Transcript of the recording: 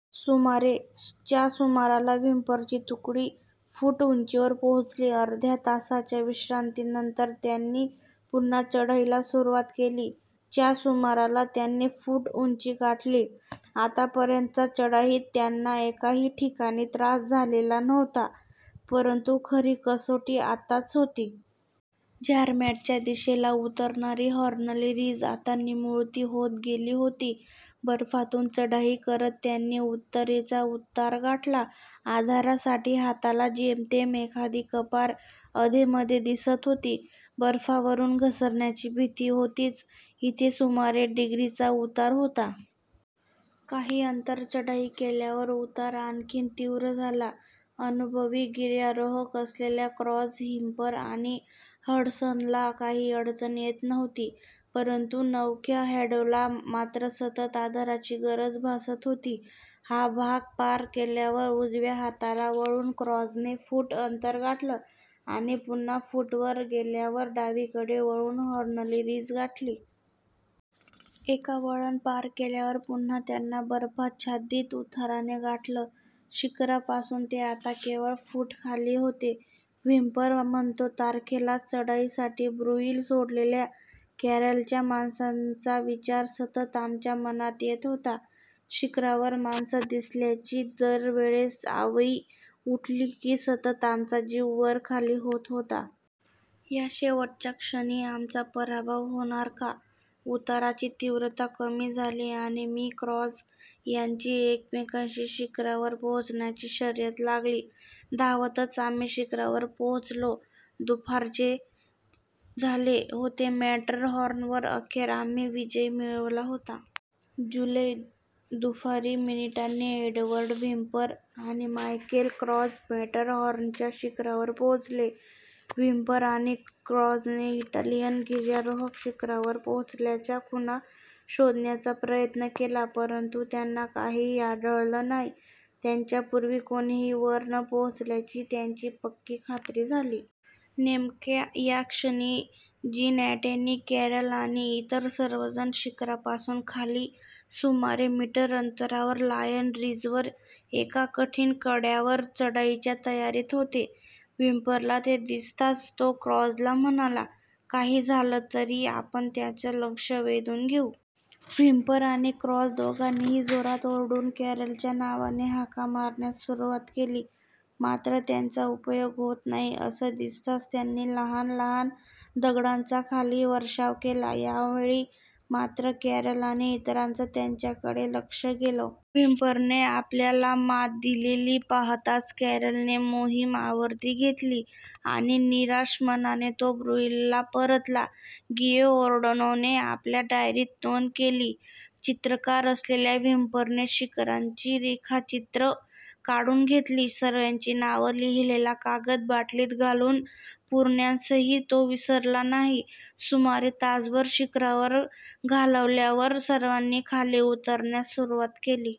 सुमारे. च्या सुमाराला व्हिम्परची तुकडी फूट उंचीवर पोहोचली. अर्ध्या तासाच्या विश्रांतीनंतर त्यांनी पुन्हा चढाईला सुरवात केली. च्या सुमाराला त्यांनी फूट उंची गाठली. आतापर्यंतच्या चढाईत त्यांना एकाही ठिकाणी त्रास झालेला नव्हता. परंतु खरी कसोटी आताच होती. झरमॅटच्या दिशेला उतरणारी हॉर्नली रिज आता निमुळती होत गेली होती. बर्फातून चढाई करत त्यांनी उत्तरेचा उतार गाठला. आधारासाठी हाताला जेमतेम एखादी कपार अधेमधे दिसत होती. बर्फावरून घसरण्याची भीती होतीच. इथे सुमारे डिग्रीचा उतार होता. काही अंतर चढाई केल्यावर उतार आणखीन तीव्र झाला. अनुभवी गिर्यारोहक असलेल्या क्रॉझ, व्हिम्पर आणि हडसनला काही अडचण येत नव्हती. परंतु नवख्या हॅडोला मात्र सतत आधाराची गरज भासत होती. हा भाग पार केल्यावर उजव्या हाताला वळून क्रॉझने फूट अंतर गाठलं आणि पुन्हा फूट वर गेल्यावर डावीकडे वळून हॉर्नली रिज गाठली. एका वळण पार केल्यावर पुन्हा त्यांना बर्फाच्छादीत उताराने गाठलं. शिखरापासून ते आता केवळ फूट खाली होते! व्हिम्पर म्हणतो," तारखेलाच चढाईसाठी ब्रुईल सोडलेल्या कॅरेलच्या माणसांचा विचार सतत आमच्या मनात येत होता. शिखरावर माणसं दिसल्याची दर वेळेस आवई उठली की सतत आमचा जीव वरखाली होत होता! या शेवटच्या क्षणी आमचा पराभव होणार का? उताराची तीव्रता कमी झाली आणि मी आणि क्रॉझ यांची एकमेकाशी शिखरावर पोहोचण्याची शर्यत लागली. धावतच आम्ही शिखरावर पोहोचलो! दुपारचे. झाले होते! मॅटरहॉर्न वर अखेर आम्ही विजय मिळवला होता! " जुलै दुपारी. मिनीटांनी एडवर्ड व्हिंपर आणि मायकेल क्रॉझ मॅटरहॉर्नच्या शिखरावर पोहोचले! व्हिम्पर आणि क्रॉझने इटालियन गिर्यारोहक शिखरावर पोहोचल्याच्या खुणा शोधण्याचा प्रयत्न केला, परंतु त्यांना काहीही आढळलं नाही! त्यांच्या पूर्वी कोणीही वर न पोहोचल्याची त्यांची पक्की खात्री झाली! नेमक्या या क्षणी जीन अँटनी कॅरेल आणि इतर सर्वजण शिखरापासून खाली सुमारे मीटर अंतरावर लायन रिजवर एका कठीण कड्यावर चढाईच्या तयारीत होते. व्हिम्परला ते दिसताच तो क्रॉझला म्हणाला," काहीही झालं तरी आपण त्यांचं लक्षं वेधून घेऊ! "व्हिम्पर आणि क्रॉझ दोघांनीही जोरात ओरडून कॅरेलच्या नावाने हाका मारण्यास सुरवात केली. मात्र त्याचा उपयोग होत नाही असं दिसताच त्यांनी लहान लहान दगडांचा खाली वर्षाव केला. यावेळी मात्र कॅरेल आणि इतरांचं त्यांच्याकडे लक्षं गेलं! व्हिम्परने आपल्याला मात दिलेली पाहताच कॅरेलने मोहीम आवरती घेतली आणि निराश मनाने तो ब्रुईलला परतला. गिओर्डानोने आपल्या डायरीत नोंद केली, चित्रकार असलेल्या व्हिम्परने शिखराची रेखाचित्रं काढून घेतली. सर्वांची नावं लिहीलेला कागद बाटलीत घालून पुरण्यासही तो विसरला नाही! सुमारे तासभर शिखरावर घालवल्यावर सर्वांनी खाली उतरण्यास सुरवात केली.